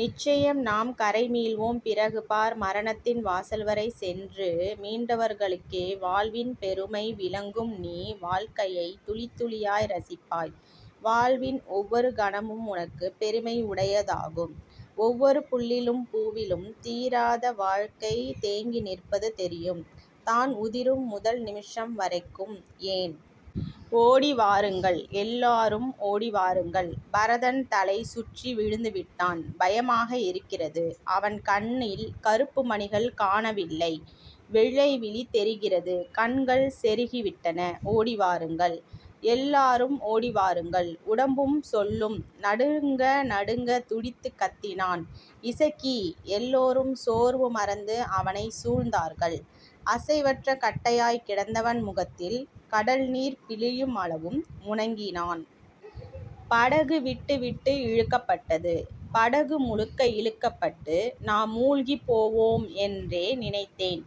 நிச்சயம் நாம் கரைமீள்வோம். பிறகு பார். மரணத்தின் வாசல்வரை சென்று மீண்டவர்களுக்கே வாழ்வின் பெருமை விளங்கும். நீ வாழ்க்கையைத் துளித்துளியாய் ரசிப்பாய். வாழ்வின் ஒவ்வொரு கணமும் உனக்குப் பெருமை உடையதாகும். ஒவ்வொரு புல்லிலும் பூவிலும் தீராத வாழ்க்கை தேங்கி நிற்பது தெரியும். தான் உதிரும் முதல் நிமிஷம் வரைக்கும் ஏன்... ஓடிவாருங்கள்... எல்லாரும் ஓடிவாருங்கள். பரதன் தலை சுற்றி விழுந்துவிட்டான். பயமாக இருக்கிறது. அவன் கண்ணில் கருப்புமணிகள் காணவில்லை. வெள்ளைவிழி தெரிகிறது. கண்கள் செருகிவிட்டன. ஓடிவாருங்கள்... எல்லாரும் ஓடிவாருங்கள்... உடம்பும் சொல்லும் நடுங்க நடுங்கத் துடித்துக் கத்தினான் இசக்கி. எல்லோரும் சோர்வு மறந்து அவனைச் சூழ்ந்தார்கள். அசைவற்ற கட்டையாய்க் கிடந்தவன் முகத்தில், கடல்நீர் பிழியவும் முனகினான். படகு விட்டுவிட்டு இழுக்கப்பட்டது. படகு முழுக்க இழுக்கப்பட்டு நாம் முழ்கிப் போவோம் என்றே நினைத்தேன்.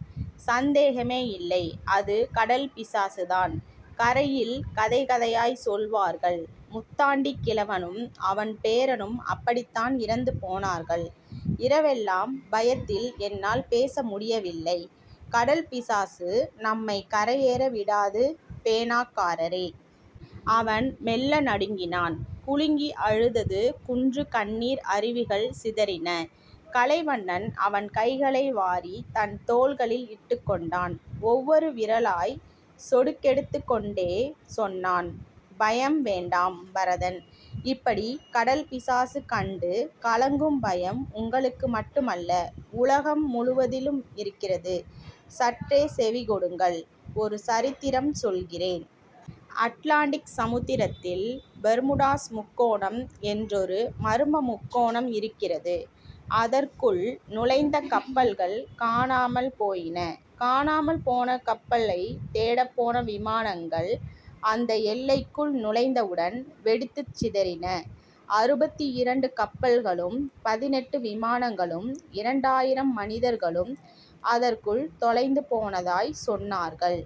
சந்தேகமே இல்லை அது கடல் பிசாசுதான். கரையில் கதை கதையாய்ச் சொல்வார்கள். முத்தாண்டிக் கிழவனும் அவன் பேரனும் அப்படித்தான் இறந்து போனார்கள். இரவெல்லாம் பயத்தில் என்னால் பேச முடியவில்லை. கடல் பிசாசு நம்மைக் கரையேற விடாது பேனாக்காரரே. அவன் மெல்ல நடுங்கினான். குலுங்கி அழுதது குன்று. கண்ணீர் அருவிகள் சிதறின. கலைவண்ணன், அவன் கைகளை வாரித் தன் தோள்களில் இட்டுக்கொண்டான். ஒவ்வொரு விரலாய்ச் சொடுக்கெடுத்துக்கொண்டே சொன்னான். பயம் வேண்டாம் பரதன். இப்படிக் கடல் பிசாசு கண்டு கலங்கும் பயம் உங்களுக்குமட்டுமல்ல, உலகம் முழுவதுமிருக்கிறது. சற்றே செவி கொடுங்கள், ஒரு சரித்திரம் சொல்கிறேன். அட்லாண்டிக் சமுத்திரத்தில் பெர்முடாஸ முக்கோணம் என்றொரு மர்ம முக்கோணம் இருக்கிறது. அதற்குள் நுழைந்த கப்பல்கள் காணாமல் போயின. காணாமல் போன கப்பல்களைத் தேடப்போன விமானங்கள், அந்த எல்லைக்குள் நுழைந்தவுடன் வெடித்துச் சிதறின. அறுபத்திரண்டு கப்பல்களும் பதினெட்டு விமானங்களும் இரண்டாயிரம் மனிதர்களும் அதற்குள் தொலைந்து போனதாய்ச் சொன்னார்கள்.